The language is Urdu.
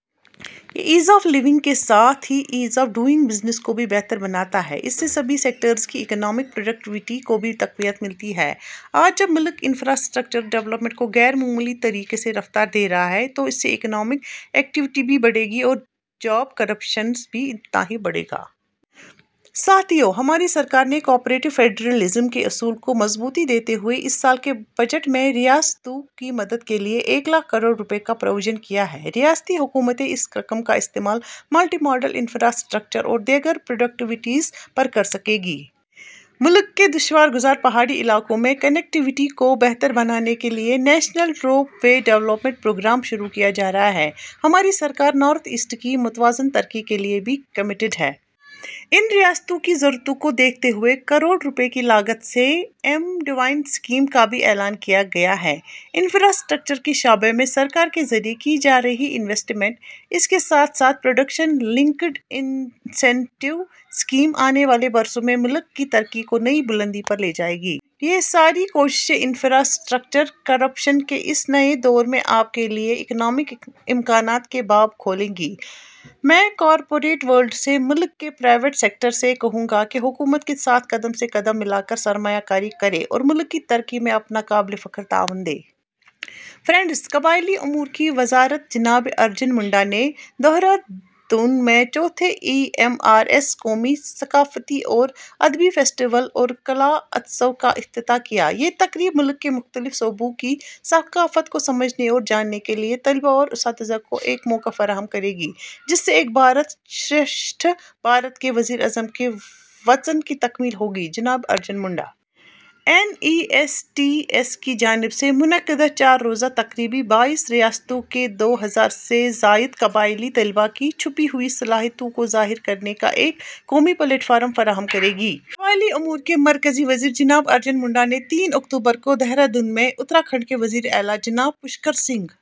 یہ ایز آف لیونگ کے ساتھ ہی ایز آف ڈوئنگ بزنس کو بھی بہتر بناتا ہے۔ اس سے سبھی سیکٹرز کی اکنامک پروڈکٹی ویٹی کو بھی تقویت ملتی ہے۔ آج جب ملک انفرا اسٹرکچر ڈولپمنٹ کو غیر معمولی طریقے سے رفتار دے رہا ہے، تو اس سے اکنامک ایکٹی ویٹی بھی بڑھے گی اور جاب کریئشن بھی اتنا ہی بڑھے گا۔ ساتھیو! ہماری سرکار نے کوآپریٹو فیڈرلزم کے اصول کو مضبوطی دیتے ہوئے اس سال کے بجٹ میں ریاستوں کی مدد کے لیے ایک لاکھ کروڑ روپے کا پروویژن کیا ہے۔ ریاستی حکومتیں اس رقم کا استعمال ملٹی ماڈل انفرا اسٹرکچر اور دیگر پروڈکٹیو ایسیٹس پر کرسکیں گی۔ ملک کے دشوار گزار پہاڑی علاقوں میں کنکٹی ویٹی کو بہتر بنانے کے لیے نیشنل روپ وے ڈولپمنٹ پروگرام شروع کیا جا رہا ہے۔ ہماری سرکار نارتھ ایسٹ کی متوازن ترقی کے لیے بھی کمیٹڈ ہے۔ ان ریاستوں کی ضرورتوں کو دیکھتے ہوئے کروڑ روپے کی لاگت سے پی ایم ڈیوائن اسکیم کا بھی اعلان کیا گیا ہے۔ انفرا اسٹرکچر کے شعبے میں سرکار کے ذریعے کی جا رہی انویسٹمنٹ، اس کے ساتھ ساتھ پروڈکشن لنکڈ انسنٹیو اسکیم، آنے والے برسوں میں ملک کی ترقی کو نئی بلندی پر لے جائے گی۔ یہ ساری کوششیں انفرا اسٹرکچر کریئشن کے اس نئے دور میں آپ کے لیے نئے اکنامک امکانات کے باب کھولیں گی۔ میں کارپوریٹ ورلڈ سے، ملک کے پرائیویٹ سیکٹر سے کہوں گا کہ حکومت کے ساتھ قدم سے قدم ملا کر سرمایہ کاری کریں اور ملک کی ترقی میں اپنا قابلِ فخر تعاون دیں۔ فرینڈس! قبائلی امور کی وزارت جناب ارجن منڈا نے دہرہ دون میں چوتھے ای ایم آر ایس قومی ثقافتی اور ادبی فیسٹیول اور کلا اتسو کا افتتاح کیا۔ یہ تقریب ملک کے مختلف صوبوں کی ثقافت کو سمجھنے اور جاننے کے لیے طلباء اور اساتذہ کو ایک موقع فراہم کرے گی، جس سے ایک بھارت شریشٹھ بھارت کے وزیر اعظم کے وژن کی تکمیل ہوگی: جناب Arjun Munda. N E S T S کی جانب سے منعقدہ چار روزہ تقریب بائیس ریاستوں کے دو ہزار سے زائد قبائلی طلباء کی چھپی ہوئی صلاحیتوں کو ظاہر کرنے کا ایک قومی پلیٹ فارم فراہم کرے گی۔ قبائلی امور کے مرکزی وزیر جناب ارجن منڈا نے تین اکتوبر کو دہرہ دون میں اتراکھنڈ کے وزیراعلیٰ جناب پشکر سنگھ...